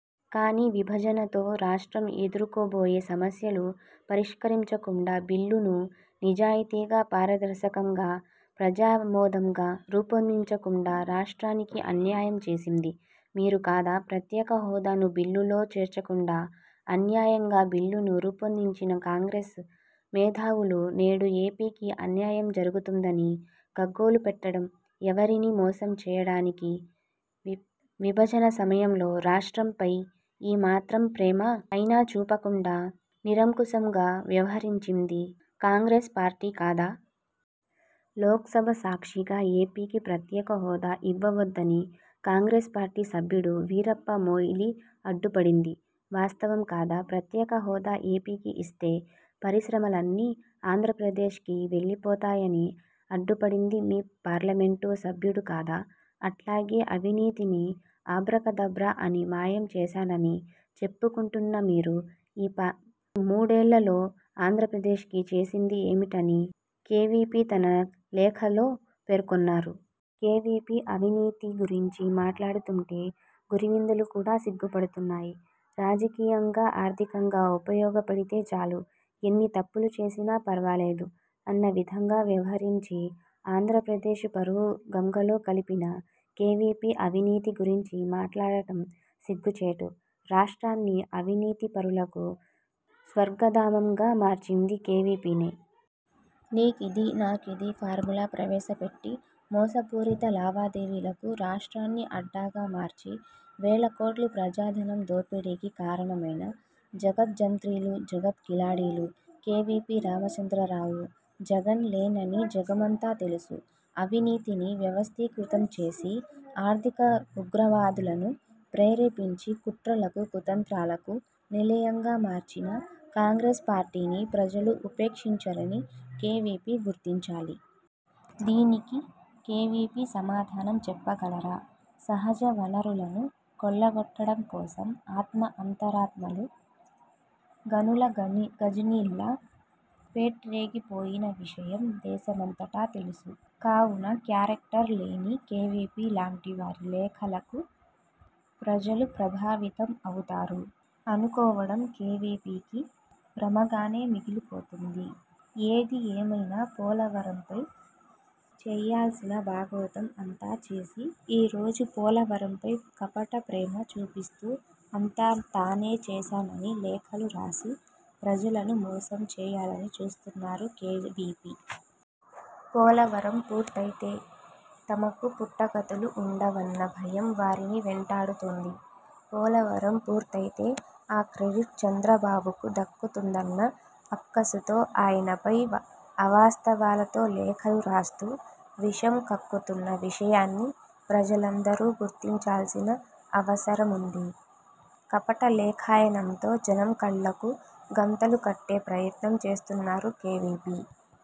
కానీ విభజనతో రాష్ట్రం ఎదుర్కొబోయే సమస్యలు పరిష్కరించకుండా బిల్లును నిజాయితీగా, పారదర్శకంగా, ప్రజామోదంగా రూపొందించకుండా రాష్ట్రానికి అన్యాయం చేసింది మీరు కాదా? ప్రత్యేకహోదాను బిల్లులో చేర్చకుండా అన్యాయంగా బిల్లును రూపొందించిన కాంగ్రెస్ మేధావులు నేడు ఏపీకి అన్యాయం జరుగుతుందని గగ్గోలుపెట్టడం ఎవరిని మోసం చేయడానికి? విభజన సమయంలో రాష్ట్రంపై ఈ మాత్రం ప్రేమ అయినా చూపకుండా నిరంకుశంగా వ్యవహరించింది కాంగ్రెస్ పార్టీ కాదా? లోక్సభ సాక్షిగా ఏపీకి ప్రత్యేకహోదా ఇవ్వొద్దని కాంగ్రెస్ పార్టీ సభ్యుడు వీరప్ప మొయిలీ అడ్డుపడింది వాస్తవం కాదా? ప్రత్యేకహోదా ఏపీకి ఇస్తే పరిశ్రమలన్నీ ఆంధ్రప్రదేశ్కి వెళ్లిపోతాయని అడ్డుపడింది మీ పార్లమెంటు సభ్యుడు కాదా? అట్లాగే అవినీతిని అభ్రకదభ్ర అని మాయం చేశానని చెప్పుకుంటున్న మీరు ఈ మూడేళ్లలో ఆంధ్రప్రదేశ్కి చేసింది ఏమిటని కేవీపీ తన లేఖలో పేర్కొన్నారు. కేవీపీ అవినీతి గురించి మాట్లాడుతుంటే గురివిందలు కూడా సిగ్గుపడుతున్నాయి. రాజకీయంగా, ఆర్థికంగా ఉపయోగపడితే చాలు ఎన్ని తప్పులు చేసినా పర్వాలేదు అన్న విధంగా వ్యవహరించి ఆంధ్రప్రదేశ్ పరువు గంగలో కలిపిన కేవీపీ అవినీతి గురించి మాట్లాడటం సిగ్గుచేటు. రాష్ట్రాన్ని అవినీతి పరులకు స్వర్గధామంగా మార్చింది కేవీపీనే. నీకిది, నాకది ఫార్ములా ప్రవేశపెట్టి మోసపూరిత లావాదేవీలకు రాష్ట్రాన్ని అడ్డాగా మార్చి వేలకోట్లు ప్రజాధనం దోపిడీకి కారణమైన జగత్ జంత్రీలు, జగత్కిలాడీలు కేవీపీ రామచంద్రరావు, జగన్ లేనని జగమంతా తెలుసు. అవినీతిని వ్యవస్థీకృతం చేసి ఆర్థిక ఉగ్రవాదులను ప్రేరేపించి కుట్రలకు, కుతంత్రాలకు నిలయంగా మార్చిన కాంగ్రెస్ పార్టీని ప్రజలు ఉపేక్షించరని కేవీపీ గుర్తించాలి. దీనికి కేవీపీ సమాధానం చెప్పగలరా? సహజ వనరులను కొల్లగొట్టడం కోసం ఆత్మ, అంతరాత్మలు గనుల గజనీల్లా పేట్రేగిపోయిన విషయం దేశమంతా తెలుసు. కావున క్యారెక్టర్ లేని కేవీపీ లాంటి వారి లేఖలకు ప్రజలు ప్రభావితులు అవుతారు అనుకోవడం కేవీపీకి భ్రమగానే మిగిలిపోతుంది. ఏది ఏమైనా పోలవరంపై చేయాల్సిన బాగోతం అంతా చేసి ఈ రోజు పోలవరంపై కపట ప్రేమ చూపిస్తూ అంతా తానే చేశానని లేఖలు రాసి ప్రజలను మోసం చేయాలని చూస్తున్నారు కేవీపీ. పోలవరం పూర్తయితే తమకు పుట్టగతులు ఉండవన్న భయం వారిని వెంటాడుతోంది. పోలవరం పూర్తయితే ఆ క్రెడిట్ చంద్రబాబుకు దక్కుతుందన్న అక్కసుతో ఆయనపై అవాస్తవాలతో లేఖలు రాస్తూ విషం కక్కుతున్న విషయాన్ని ప్రజలందరూ గుర్తించాల్సిన అవసరముంది. కపట లేఖాయనంతో జనం కళ్లకు గంతలు కట్టే ప్రయత్నం చేస్తున్నారు కేవీపీ.